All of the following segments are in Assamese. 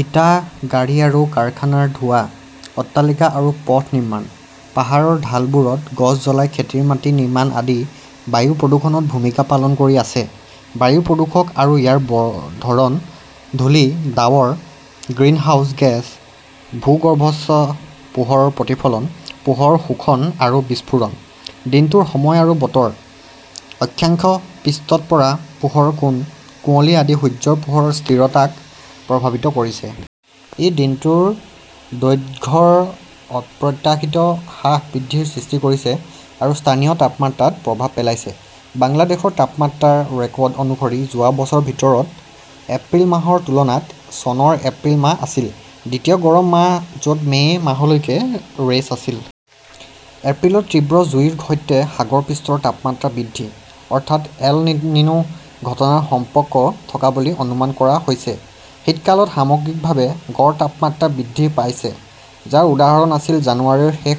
ইটা, গাড়ী আৰু কাৰখানাৰ ধোঁৱা, অট্টালিকা আৰু পথ নিৰ্মাণ, পাহাৰৰ ঢালবোৰত গছ জ্বলাই খেতিৰ মাটি নিৰ্মাণ আদি বায়ু প্ৰদূষণত ভূমিকা পালন কৰি আছে। বায়ু প্ৰদূষক আৰু ইয়াৰ ধৰণ, ধূলি, ডাৱৰ, গ্ৰিনহাউজ গেছ, ভূগৰ্ভস্থ পোহৰৰ প্ৰতিফলন, পোহৰৰ শোষণ আৰু বিচ্ছুৰণ, দিনটোৰ সময় আৰু বতৰ, অক্ষাংশ, পৃষ্ঠত পৰা পোহৰৰ কোণ, কুঁৱলী আদি সূৰ্যৰ পোহৰৰ স্থিৰতাক প্ৰভাৱিত কৰিছে। ই দিনটোৰ দৈৰ্ঘ্যৰ অপ্ৰত্যাশিত হ্ৰাস-বৃদ্ধিৰ সৃষ্টি কৰিছে আৰু স্থানীয় তাপমাত্ৰাত প্ৰভাৱ পেলাইছে। বাংলাদেশৰ তাপমাত্ৰাৰ ৰেকৰ্ড অনুসৰি যোৱা বছৰৰ ভিতৰত এপ্ৰিল মাহৰ তুলনাত চনৰ এপ্ৰিল মাহ আছিল দ্বিতীয় গৰম মাহ য'ত মে' মাহলৈকে ৰেচ আছিল। এপ্ৰিলৰ তীব্ৰ জুইৰ সৈতে সাগৰ পৃষ্ঠৰ তাপমাত্ৰা বৃদ্ধি, অৰ্থাৎ এল-নিনো ঘটনাৰ সম্পৰ্ক থকা বুলি অনুমান কৰা হৈছে। শীতকালত সামগ্ৰিকভাৱে গড় তাপমাত্ৰা বৃদ্ধি পাইছে, যাৰ উদাহৰণ আছিল জানুৱাৰীৰ শেষ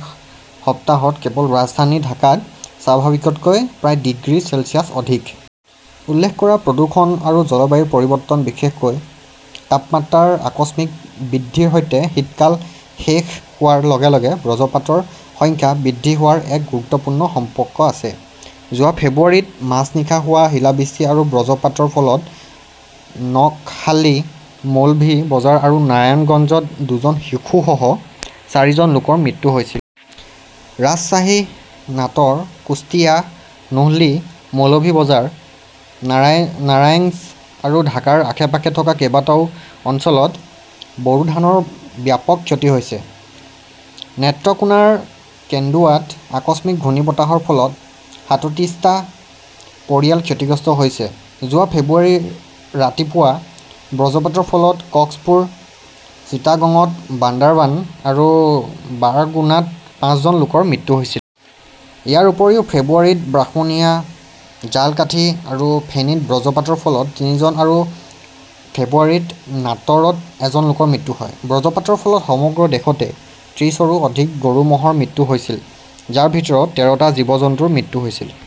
সপ্তাহত কেৱল ৰাজধানী ঢাকাত স্বাভাৱিকতকৈ প্ৰায় ডিগ্ৰী চেলছিয়াছ অধিক। উল্লেখ কৰা প্ৰদূষণ আৰু জলবায়ু পৰিৱৰ্তন, বিশেষকৈ তাপমাত্ৰাৰ আকস্মিক বৃদ্ধিৰ সৈতে শীতকাল শেষ হোৱাৰ লগে লগে বজ্ৰপাতৰ সংখ্যা বৃদ্ধি হোৱাৰ এক গুৰুত্বপূৰ্ণ সম্পৰ্ক আছে। যোৱা ফেব্ৰুৱাৰীত মাজনিশা হোৱা শিলাবৃষ্টি আৰু বজ্ৰপাতৰ ফলত নকহাল্লি, মৌলভি বজাৰ আৰু নাৰায়ণগঞ্জত দুজন শিশুসহ চাৰিজন লোকৰ মৃত্যু হৈছিল। ৰাজশ্বাহী, নাট 'ৰ, কুশ্তিয়া, নোহলী, মৌলভি বজাৰ, নাৰাংইজ আৰু ঢাকাৰ আশে-পাশে থকা কেইবাটাও অঞ্চলত বৰো ধানৰ ব্যাপক ক্ষতি হৈছে। নেত্ৰকোনাৰ কেন্দুৱাত আকস্মিক ঘূৰ্ণীবতাহৰ ফলত সাতত্ৰিছটা পৰিয়াল ক্ষতিগ্ৰস্ত হৈছে। যোৱা ফেব্ৰুৱাৰীৰ ৰাতিপুৱা বজ্ৰপাতৰ ফলত কক্সপুৰ, চিটাগঙত, বান্দাৰবান আৰু বাৰগুনাত পাঁচজন লোকৰ মৃত্যু হৈছিল। ইয়াৰ উপৰিও ফেব্ৰুৱাৰীত ব্ৰাহ্মণিয়া, ঝালকাঠি আৰু ফেনীত বজ্ৰপাতৰ ফলত তিনিজন আৰু ফেব্ৰুৱাৰীত নাটৰত এজন লোকৰ মৃত্যু হয়। বজ্ৰপাতৰ ফলত সমগ্ৰ দেশতে ত্ৰিছৰো অধিক গৰু-ম'হৰ মৃত্যু হৈছিল, যাৰ ভিতৰত তেৰটা জীৱ-জন্তুৰ মৃত্যু হৈছিল।